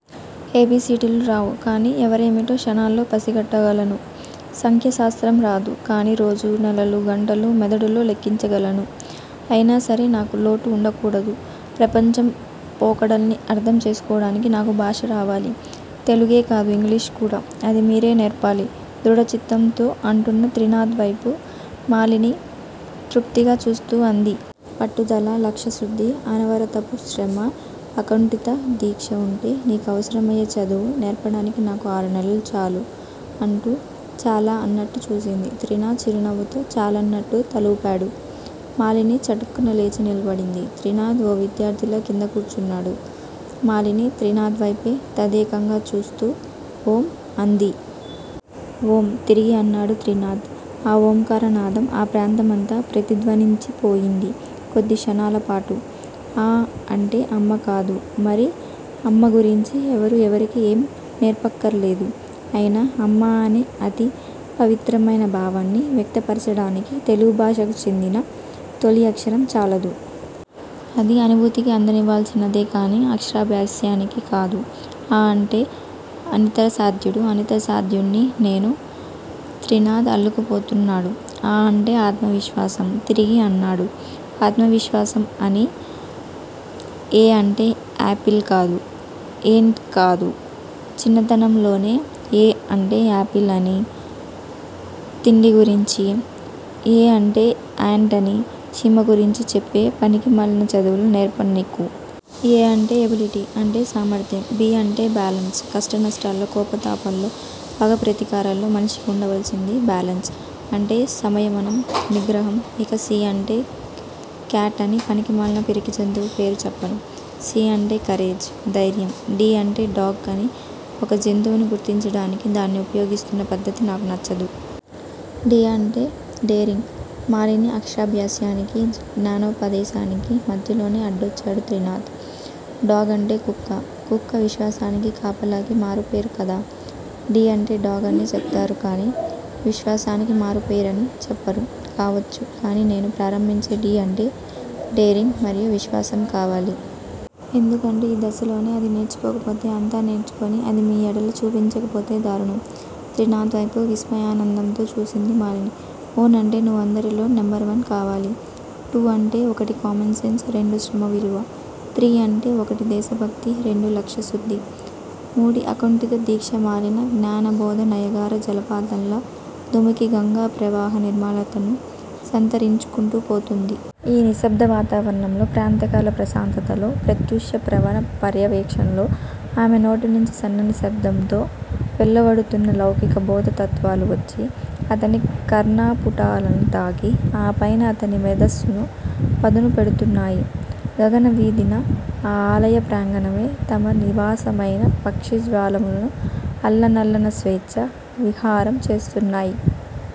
ఏ-బి-సి-డి-లు రావు. కాని ఎవ్వరేమిటో క్షణాల్లో పసిగట్టగలను. సంఖ్యా శాస్త్రం రాదు. కాని రోజులు- నెలలు- గంటలు- మెదడులో లెక్కించగలను. అయినాసరే నాకా లోటు వుండకూడదు. ప్రపంచం పోకడల్ని అర్ధం చేసుకోవటానికి నాకు భాషరావాలి. తెలుగే కాదు ఇంగ్లీషు కూడా. అది మీరే నేర్పాలి- దృఢచిత్తంతో అంటున్న త్రినాథవైపు మాలిని తృప్తిగా చూస్తూ అంది. పట్టుదల, లక్ష్యశుద్ధి, అనవరతపు శ్రమ, అకుంటిత దీక్ష వుంటే నీకు అవసరమయ్యే చదువు నేర్పటానికి నాకు ఆరునెలలు చాలు- అంటూ చాలా అన్నట్టు చూసింది. త్రినాథ్ చిరునవ్వుతో చాలన్నట్టు తలూపాడు. మాలిని చటుక్కున లేచి నిలబడింది. త్రినాథ్ ఓ విద్యార్ధిలా క్రింద కూర్చున్నాడు. మాలిని త్రినాథ్ వేపే తదేకంగా చూస్తూ ఓం- అంది. ఓం- తిరిగి అన్నాడు త్రినాథ్- ఆ ఓంకారనాదం ఆ ప్రాంతమంతా ప్రతిధ్వనించిపోయింది కొద్దిక్షణాలపాటు. అ అంటే అమ్మకాదు మరి-? అమ్మ గురించి ఎవరూ ఎవరికీ ఏమీ నేర్పక్కర్లేదు. అయినా 'అమ్మ' అనే అతి పవిత్రమైన భావాన్ని వ్యక్తపర్చటానికి తెలుగు భాషకు చెందిన తొలి అక్షరం చాలదు. అది అనుభూతికి అందవలసినదే కాని అక్షరాభ్యాసానికి కాదు. 'అ' అంటే అనితరసాధ్యుడు- అనితరసాధ్యుడ్ని నేనే త్రినాథ్ అల్లుకుపోతున్నాడు. అ- అంటే ఆత్మవిశ్వాసం. తిరిగి అన్నాడు ఆత్మవిశ్వాసం అని. ఎ అంటే ఏపిల్ కాదు. ఏంట్ కాదు. చిన్నతనంలోనే 'ఏ' అంటే ఏపిల్ అని తిండి గురించి, ఏ అంటే ఏంటని చీమ గురించి చెప్పే పనికిమాలిన చదువులు నేర్పను నీకు. 'ఏ' అంటే ఎబిలిటి. అంటే సామర్ధ్యం. 'బి' అంటే బ్యాలన్స్. కష్టనష్టాల్లో, కోపతాపాల్లో, పగ, ప్రతీకారాల్లో మనిషికి ఉండవల్సింది బ్యాలన్స్. అంటే సంయమనం, నిగ్రహం. ఇక 'సి' అంటే కేట్ అని పనికిమాలిన పిరికి జంతువు పేరు చెప్పను. 'సి' అంటే కరేజ్. ధైర్యము. 'డి' అంటే డాగ్ అని ఒక జంతువును గుర్తించటానికే దాన్ని ఉపయోగిస్తున్న పద్ధతి నాకు నచ్చదు. 'డి' అంటే డేరింగ్ మాలిని అక్షరాభ్యాసానికి, జ్ఞానోపదేశానికి మధ్యలోనే అడ్డొచ్చాడు త్రినాథ్. డాగ్ అంటే కుక్క. కుక్క విశ్వాసానికి, కాపలాకి మారుపేరు కదా? డి అంటే డాగ్ అనే చెబుతారు కాని విశ్వాసానికి మారుపేరని చెప్పరు. కావచ్చు. కాని నేను ప్రారంభించే 'డి' అంటే డేరింగ్ మరియు విశ్వాసం కావాలి. ఎందుకంటే, ఈ దశలోనే అది నేర్చుకోకపోతే అంతా నేర్చుకుని అది మీ ఎడల చూపించకపోతే దారుణం. త్రినాథ్ వేపు విస్మయానందంతో చూసింది మాలిని. ఒన్ అంటే నువ్వు అందరిలో నెంబర్ వన్ కావాలి. టూ అంటే ఒకటి కామన్ సెన్స్, రెండు శ్రమ విలువ, త్రీ అంటే ఒకటి దేశభక్తి, రెండు లక్ష్యశుద్ధి, మూడి అకుంఠిత దీక్ష మాలిని జ్ఞానబోధ నయాగరా జలపాతంలా దుమికి, గంగా ప్రవాహ నిర్మలతను సంతరించుకుంటూ పోతోంది. ఈ నిశ్శబ్ద వాతావరణంలో ప్రాంతఃకాల ప్రశాంతతలో, ప్రత్యూష పవన పర్యవేక్షణలో ఆమె నోటినుంచి సన్నని శబ్దంతో వెలువడుతున్న లౌకిక బోధ తత్వాలు వచ్చి అతని కర్ణపుటాలను తాకి ఆ పైన అతని మేధస్సును పదును పెడుతున్నాయి. గగన వీధిన ఆ ఆలయ ప్రాంగణమే తమ నివాసమైన పక్షి జాలములు అల్లనల్లన స్వేచ్చా విహారం చేస్తున్నాయ్.